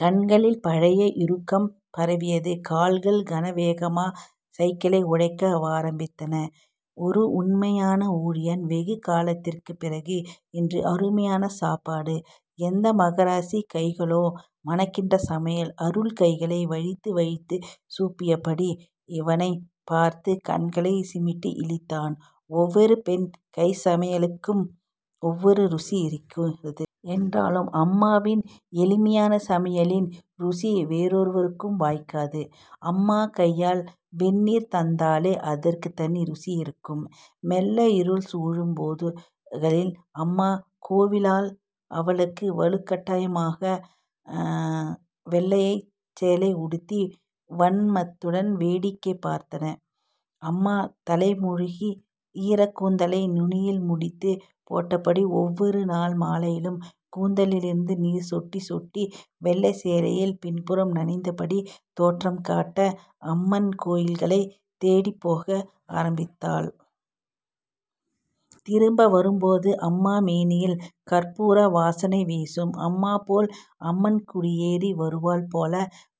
கண்களில் பழைய இறுக்கம் பரவியது. கால்கள் கனவேகமா சைக்கிளை உழக்க வாரம்பித்தன. ஒரு உண்மையான ஊழியன் வெகு காலத்திற்குப்பிறகு, இன்று அருமையான சாப்பாடு. எந்த மகராசி கைகளோ மணக்கிற சமையல். அருள் கைகளை வழித்து வழித்துச் சூப்பியபடி இவனைப் பார்த்து கண்களைச் சிமிட்டி இளித்தான். ஒவ்வொரு பெண் கைச்சமையலுக்கும் ஒவ்வொரு ருசி இருக்கிறது. என்றாலும் அம்மாவின் எளிமையான சமையலின் ருசி வேறெவருக்கும் வாய்க்காது. அம்மா கையால் வெந்நீர் தந்தாலே அதற்குத் தனி ருசி இருக்கும். மெல்ல இருள் சூழும் போதுகளில் அம்மா கோவிலால் அவளுக்கு வலுக்கட்டாயமாக வெள்ளைச்சேலை உடுத்தி வன்மத்துடன் வேடிக்கை பார்த்தன. அம்மா தலை முழுகி ஈரக்கூந்தலை நுனியில் முடிந்து போட்டபடி ஒவ்வொரு நாள் மாலையிலும் கூந்தலிலிருந்து நீர் சொட்டிச் சொட்டி வெள்ளைச்சேலையின் பின்புறம் நனைந்தபடி தோற்றம்காட்ட, அம்மன் கோயில்களைத் தேடிப்போக ஆரம்பித்தாள். திரும்பவரும்போது அம்மா மேனியில் கற்பூர வாசனை வீசும். அம்மா போல் அம்மன் குடியேறி வருவாள் போல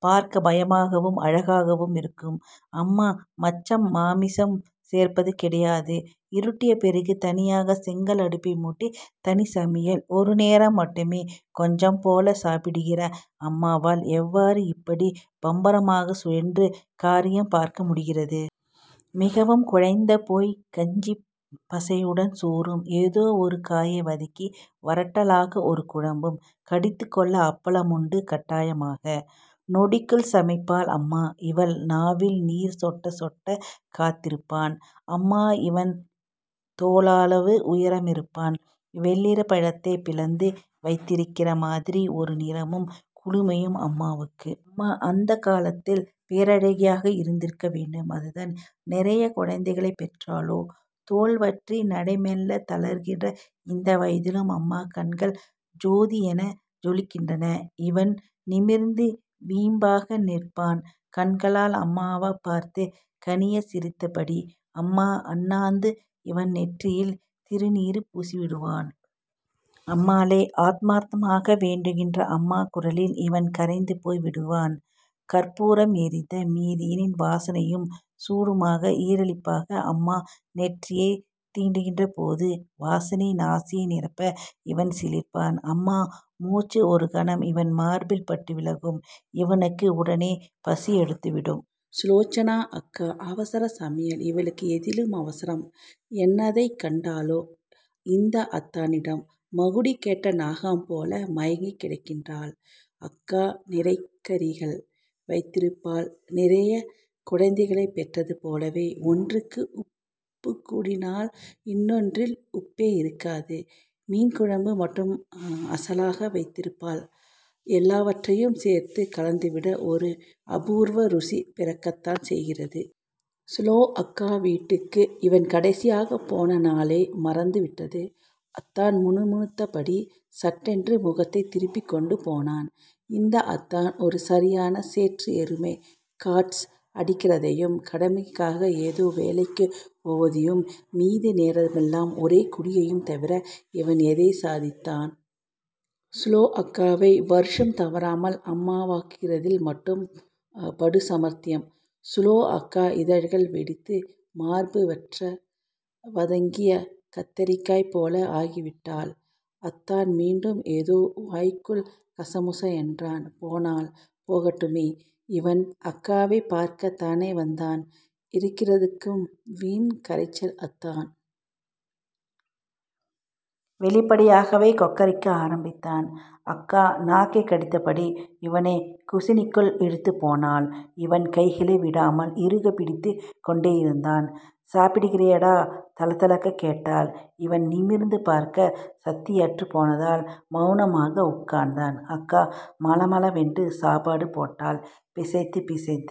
பார்க்க பயமாகவும் அழகாகவும் இருக்கும். அம்மா மச்சம் மாமிசம் சேர்ப்பது கிடையாது. இருட்டிய பிறகு தனியாக செங்கல் அடுப்பைமூட்டி தனிச் சமையல். ஒரு நேரம் மட்டுமே கொஞ்சம் போலச் சாப்பிடுகிற அம்மாவால் எவ்வாறு இப்படி பம்பரமாகச் சுழன்று காரியம் பார்க்கமுடிகிறது! மிகவும் குழைந்து போய்க் கஞ்சிப் பசையுடன் சோறும் ஏதோ ஒரு காயை வதக்கி வறட்டலாக ஒரு குழம்பும், கடித்துக்கொள்ள அப்பளம் உண்டு கட்டாயமாக. நொடிக்குள் சமைப்பாள் அம்மா. இவன் நாவில் நீர் சொட்டச்சொட்ட காத்திருப்பான். அம்மா இவன் தோளளவு உயரமிருப்பாள். வெள்ளரிப்பழத்தைப் பிளந்து வைத்திருக்கிற மாதிரி ஒரு நிறமும் குளுமையும் அம்மாவுக்கு. அம்மா அந்தக்காலத்தில் பேரழகியாக இருந்திருக்க வேண்டும். அதுதான் நிறையக் குழந்தைகள் பெற்றாளோ தோல்வற்றி நடை மெல்லத் தளர்கிற இந்த வயதிலும் அம்மா கண்கள் ஜோதியென ஜொலிக்கின்றன. இவன் நிமிர்ந்து வீம்பாக நிற்பான் கண்களால் அம்மாவப் பார்த்து கனியச் சிரித்தபடி. அம்மா அண்ணாந்து இவன் நெற்றியில் திருநீறு பூசிவிடுவாள். அம்மாளே ஆத்மார்த்தமாக வேண்டுகிற அம்மா குரலில் இவன் கரைந்து போய் விடுவான். கற்பூரம் எரிந்த மீதியின் வாசனையும் சூடுமாக ஈரலிப்பாக அம்மா நெற்றியைத் தீண்டுகிற போது வாசனை நாசியை நிரப்ப இவன் சிலிர்ப்பான். அம்மா மூச்சு ஒருகணம் இவன் மார்பில் பட்டுவிலகும். இவனுக்கு உடனே பசியெடுத்துவிடும். சுலோசனா அக்கா அவசரச் சமையல் இவளுக்கு எதிலும் அவசரம் என்னத்தைக் கண்டாளோ இந்த அத்தானிடம். மகுடி கேட்ட நாகம்போல மயங்கிக் கிடக்கிறாள். அக்கா நிறையக்கறிகள். வைத்திருப்பாள் நிறையக் குழந்தைகளைப் பெற்றது போலவே, ஒன்றுக்கு உப்புக்கூடினால் இன்னொன்றில் உப்பே இருக்காது. மீன்குழம்பு மட்டும் அசலாக வைத்திருப்பாள். எல்லாவற்றையும் சேர்த்துக் கலந்துவிட ஒரு அபூர்வ ருசி பிறக்கத்தான் செய்கிறது. சுலோ அக்கா வீட்டுக்கு இவன் கடைசியாகப் போனநாளே மறந்துவிட்டது. அத்தான் முணுமுணுத்தபடி சட்டென்று முகத்தைத் திருப்பிக்கொண்டு போனான். இந்த அத்தான் ஒரு சரியான சேற்று எருமை காட்ஸ் அடிக்கிறதையும், கடமைக்காக ஏதோ வேலைக்குப் போவதையும் மீதி நேரமெல்லாம் ஒரே குடியையும் தவிர இவன் எதைத் சாதித்தான்? சுலோ அக்காவை வருஷம் தவறாமல் அம்மாவாக்குகிறதில் மட்டும் படுசமர்த்தன். சுலோ அக்கா இதழ்கள் வெடித்து மார்பு வற்ற வதங்கிய கத்தரிக்காய் போல ஆகிவிட்டாள். அத்தான் மீண்டும் ஏதோ வாய்க்குள் கசமுச என்றான். போனால் போகட்டுமே! இவன் அக்காவைப் பார்க்கத் தானே வந்தான். இருக்கிறதுகளுக்கும் வீண் கரைச்சல். அத்தான் வெளிப்படையாகவே கொக்கரிக்க ஆரம்பித்தான். அக்கா நாக்கை கடித்தபடி இவனைக் குசினிக்குள் இழுத்துப் போனாள் இவன் கைகளை விடாமல் இறுகப் பிடித்துக் கொண்டேயிருந்தாள். சாப்பிடுகிறியடா தளதளக்க கேட்டாள். இவன் நிமிர்ந்து பார்க்க சக்தியற்றுப் போனதால் மெளனமாக உட்கார்ந்தான். அக்கா மளமளவென்று சாப்பாடு போட்டாள். பிசைந்து பிசைந்து